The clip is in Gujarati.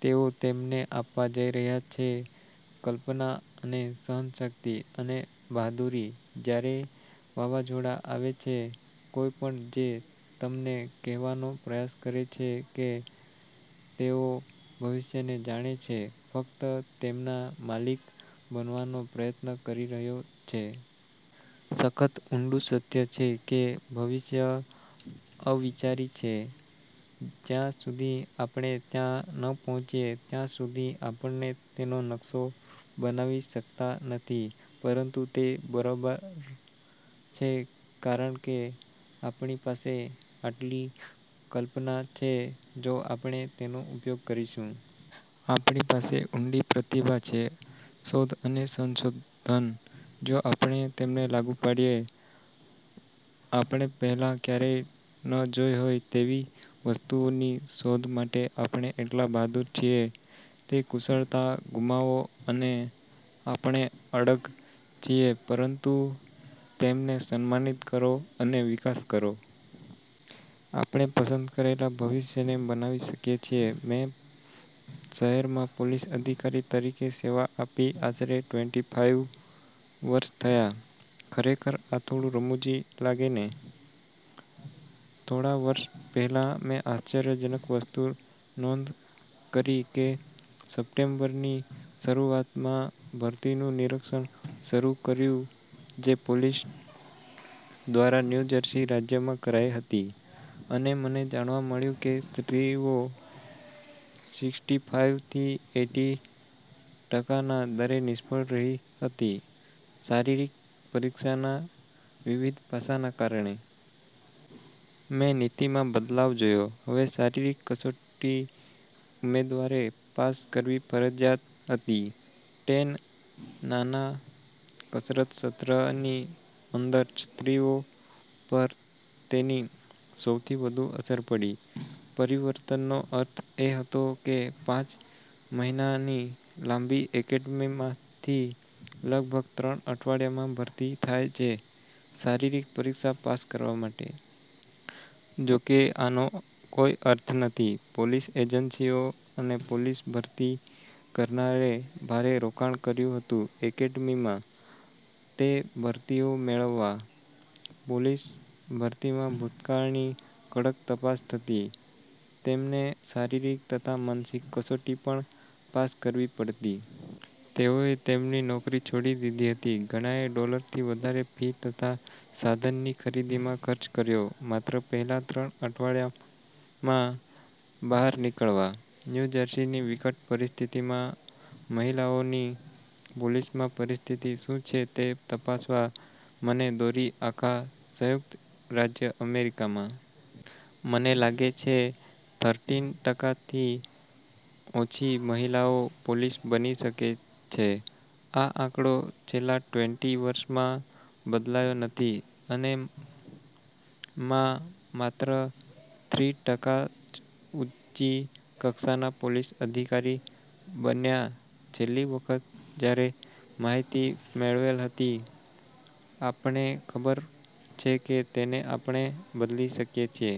તેઓ તેમને આપવા જઈ રહ્યા છે કલ્પના અને સહનશક્તિ અને બહાદુરી જ્યારે વાવાઝોડા આવે છે. કોઈપણ જે તમને કહેવાનો પ્રયાસ કરે છે કે તેઓ ભવિષ્યને જાણે છે ફક્ત તેમના માલિક બનવાનો પ્રયત્ન કરી રહ્યો છે. સખત ઊંડૂ સત્ય છે કે ભવિષ્ય અવિચારી છે. જ્યાં સુધી આપણે ત્યાં ન પહોંચીએ, ત્યાં સુધી આપણે તેનો નકશો બનાવી શકતા નથી. પરંતુ તે બરાબર છે કારણ કે આપણી પાસે આટલી કલ્પના છે જો આપણે તેનો ઉપયોગ કરીશું. આપણી પાસે ઉંડી પ્રતિભા છે શોધ અને સંશોધન જો આપણે તેમને લાગુ પાડીએ. આપણે પહેલાં ક્યારેય ન જોઈ હોય તેવી વસ્તુઓની શોધ માટે આપણે એટલા બહાદુર છીએ. તે કુશળતા ગુમાવો અને આપણે અડગ છીએ પરંતુ તેમને સન્માનિત કરો અને વિકાસ કરો. આપણે પસંદ કરેલા ભવિષ્યને બનાવી શકીએ છીએ. મેં શહેરમાં પોલીસ અધિકારી તરીકે સેવા આપી આશરે ટ્વેન્ટી ફાઈવ વર્ષ થયા. ખરેખર આ થોડું રમુજી લાગે ને? થોડા વર્ષ પેહલા મેં આશ્ચર્યજનક વસ્તુ નોંધ કરી કે સપ્ટેમ્બરની શરૂઆતમાં મેં ભરતીનું નિરીક્ષણ શરુ કર્યું જે પોલીસ દ્વારા ન્યૂ જર્સી રાજ્યમાં કરાઈ રહી હતી અને મને જાણવા મળ્યું કે સ્ત્રીઓ સિક્સટી ફાઈવ થી એઈટી ટકાના દરે નિષ્ફળ રહી હતી શારીરિક પરીક્ષાના વિવિધ પાસા ને કારણે. મેં નીતિમાં બદલાવ જોયો. હવે શારીરિક કસોટી ઉમેદવારે પાસ કરવી ફરજીયાત હતી ટેન નાના કસરત સત્રની અંદર. સ્ત્રીઓ પર તેની સૌથી વધુ અસર પડી. પરિવર્તનનો અર્થ એ હતો કે પાંચ મહિનાની લાંબી એકેડેમીમાંથી લગભગ ત્રણ અઠવાડિયામાં ભરતી થાય છે શારીરિક પરીક્ષા પાસ કરવા માટે. જોકે આનો કોઈ અર્થ નથી. પોલીસ એજન્સીઓ અને પોલીસ ભરતી કરનારે ભારે રોકાણ કર્યું હતું એકેડેમીમાં તે ભરતીઓ મેળવવા. પોલીસ ભરતીમાં ભૂતકાળની કડક તપાસ થતી, તેમને શારીરિક તથા માનસિક કસોટી પણ પાસ કરવી પડતી. તેઓએ તેમની નોકરી છોડી દીધી હતી. ઘણાએ ડોલરથી વધારે ફી તથા સાધનની ખરીદીમાં ખર્ચો કર્યો. માત્ર પહેલા ત્રણ અઠવાડિયામાં બહાર નીકળવા? ન્યુ જર્સીની વિકટ પરિસ્થિતિમાં મહિલાઓની પોલીસમાં પરિસ્થિતિ શું છે તે તપાસવા મને દોરી આખા સંયુક્ત રાજ્ય અમેરિકામાં. મને લાગે છે થર્ટીન ટકાથી ઓછી મહિલાઓ પોલીસ બની શકે છે. આ આંકડો છેલ્લા ટ્વેન્ટી વર્ષમાં બદલાયો નથી. અને માં માત્ર થ્રી ટકા જ ઊંચી કક્ષાના પોલીસ અધિકારી બન્યા છેલ્લી વખત જયારે માહિતી મેળવેલ હતી. આપણે ખબર છે કે તેને આપણે બદલી શકીયે છીએ.